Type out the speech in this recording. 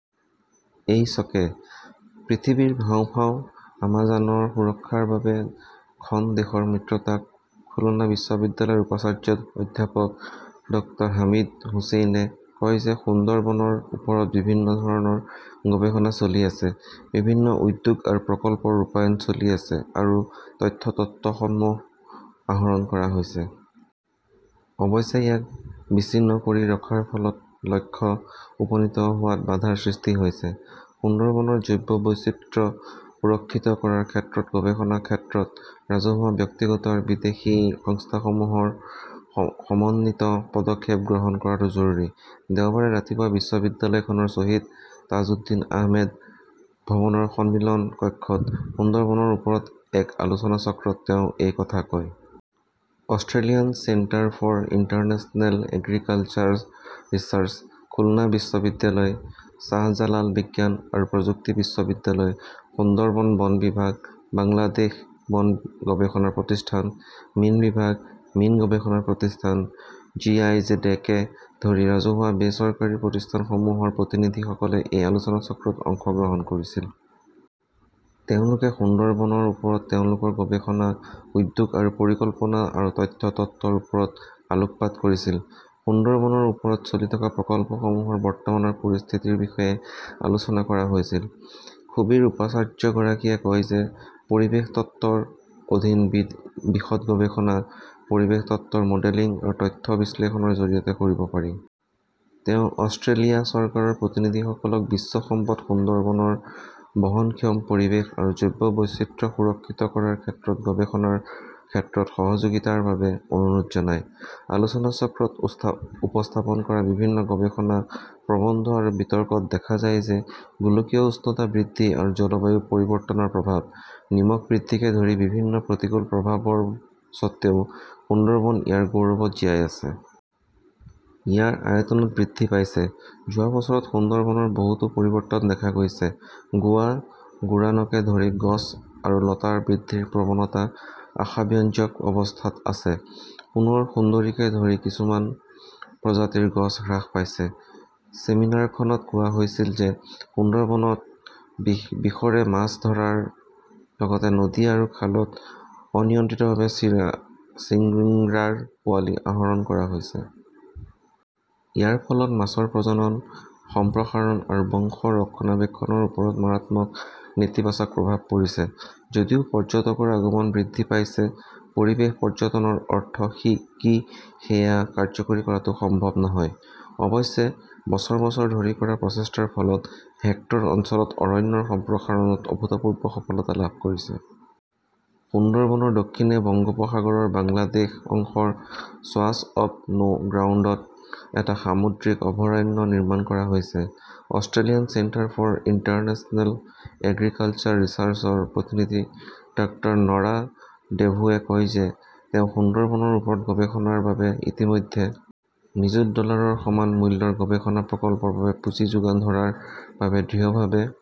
/ HK /। পৃথিৱীৰ হাঁওফাঁও 'Amazon' ৰ সুৰক্ষাৰ বাবে খন দেশৰ মিত্ৰতা খুলনা বিশ্ববিদ্যালয়ৰ উপাচাৰ্য অধ্যাপক ড াহমুদ হুচেইনে কয় যে সুন্দৰবনৰ ওপৰত বিভিন্ন ধৰণৰ গৱেষণা চলি আছে। বিভিন্ন উদ্যোগ আৰু প্ৰকল্পৰ ৰূপায়ণ চলি আছে আৰু তথ্য তত্ত্বসমূহ আহৰণ কৰা হৈছে। অৱশ্যে, ইয়াক বিচ্ছিন্ন কৰি ৰখাৰ ফলত লক্ষ্যত উপনীত হোৱাত বাধাৰ সৃষ্টি হৈছে। সুন্দৰবনৰ জৈৱ বৈচিত্ৰ্য সুৰক্ষিত কৰাৰ ক্ষেত্ৰত গৱেষণাৰ ক্ষেত্ৰত ৰাজহুৱা-ব্যক্তিগত আৰু বিদেশী সংস্থাসমূহৰ সমন্বিত পদক্ষেপ গ্ৰহণ কৰাটো জৰুৰী। দেওবাৰে ৰাতিপুৱা বিশ্ববিদ্যালয়খনৰ শ্বহীদ তাজউদ্দিন আহমেদ ভৱনৰ সন্মিলন কক্ষত সুন্দৰবনৰ ওপৰত এক আলোচনাচক্ৰত তেওঁ এই কথা কয়। Australian centre for international agriculture research, Khulna বিশ্ববিদ্যালয়, শ্বাহজালাল বিজ্ঞান আৰু প্ৰযুক্তি বিশ্ববিদ্যালয়, সুন্দৰবন বন বিভাগ, বাংলাদেশ বন গৱেষণা প্ৰতিষ্ঠান, মীন বিভাগ, মীন গৱেষণা প্ৰতিষ্ঠান, জিআইজেডকে ধৰি ৰাজহুৱা-বেচৰকাৰী প্ৰতিষ্ঠানসমূহৰ প্ৰতিনিধিসকলে এই আলোচনাচক্ৰত অংশগ্ৰহণ কৰিছিল। তেওঁলোকে সুন্দৰবনৰ ওপৰত তেওঁলোকৰ গৱেষণা, উদ্যোগ আৰু পৰিকল্পনা আৰু তথ্য তত্ত্বৰ ওপৰত আলোকপাত কৰিছিল। সুন্দৰবনৰ ওপৰত চলি থকা প্ৰকল্পসমূহৰ বৰ্তমানৰ পৰিস্থিতিৰ বিষয়ে আলোচনা কৰা হৈছিল। খুবিৰ উপাচাৰ্যগৰাকীয়ে কয় যে পৰিৱেশ তন্ত্ৰৰ অধিক বিশদ গৱেষণা পৰিৱেশ তন্ত্ৰৰ মডেলিং আৰু তথ্য বিশ্লেষণৰ জৰিয়তে কৰিব পাৰি। তেওঁ অষ্ট্ৰেলিয়া চৰকাৰৰ প্ৰতিনিধিসকলক বিশ্ব সম্পদ সুন্দৰবনৰ বহনক্ষম পৰিৱেশ আৰু জৈৱ বৈচিত্ৰ্য সুৰক্ষিত কৰাৰ ক্ষেত্ৰত গৱেষণাৰ ক্ষেত্ৰত সহযোগিতাৰ বাবে অনুৰোধ জনায়। আলোচনাচক্ৰত উপস্থাপন কৰা বিভিন্ন গৱেষণা প্ৰবন্ধ আৰু বিতৰ্কত দেখা যায় যে গোলকীয় উষ্ণতা বৃদ্ধি আৰু জলবায়ু পৰিৱৰ্তনৰ প্ৰভাৱ, নিমখ বৃদ্ধিকে ধৰি বিভিন্ন প্ৰতিকূল প্ৰভাৱৰ স্বত্বেও সুন্দৰবন ইয়াৰ গৌৰৱত জীয়াই আছে। ইয়াৰ আয়তনও বৃদ্ধি পাইছে। যোৱা বছৰত সুন্দৰবনৰ বহুতো পৰিৱৰ্তন দেখা গৈছে। গোৱা, গোৰানকে ধৰি গছ আৰু লতাৰ বৃদ্ধিৰ প্ৰৱণতা আশাব্যঞ্জক অৱস্থাত আছে। পুনৰ সুন্দৰীকে ধৰি কিছুমান প্ৰজাতিৰ গছ হ্ৰাস পাইছে। চেমিনাৰখনত কোৱা হৈছিল যে সুন্দৰবনত বিষৰে মাছ ধৰাৰ লগতে নদী আৰু খালত অনিয়ন্ত্ৰিতভাৱে চিংৰাৰ পোৱালি আহৰণ কৰা হৈছে। ইয়াৰ ফলত মাছৰ প্ৰজনন, প্ৰসাৰণ আৰু বংশ ৰক্ষণাবেক্ষণৰ ওপৰত মাৰাত্মক নেতিবাচক প্ৰভাৱ পৰিছে। যদিও পৰ্যটকৰ আগমন বৃদ্ধি পাইছে, পৰিৱেশ পৰ্যটনৰ অৰ্থ কি সেয়া কাৰ্যকৰী কৰাটো সম্ভৱ নহয়। অৱশ্যে, বছৰ বছৰ ধৰি কৰা প্ৰচেষ্টাৰ ফলত, হেক্টৰ অঞ্চলত অৰণ্যৰ সম্প্ৰসাৰণত অভূতপূৰ্ব সফলতা লাভ কৰিছে। সুন্দৰবনৰ দক্ষিণে বংগোপসাগৰৰ বাংলাদেশ অংশৰ শ্বৱাচ অৱ নো গ্ৰাউণ্ডত এটা সামুদ্ৰিক অভয়াৰণ্য নিৰ্মাণ কৰা হৈছে। Australian centre for international agriculture ৰিচাৰ্ছৰ প্ৰতিনিধি ডাঃ নৰা ডেভোৱে কয় যে তেওঁ সুন্দৰবনৰ ওপৰত গৱেষণাৰ বাবে ইতিমধ্যে নিযুত ডলাৰৰ সমান মূল্যৰ গৱেষণা প্ৰকল্পৰ বাবে পুঁজি যোগান ধৰাৰ বাবে দৃঢ়ভাৱে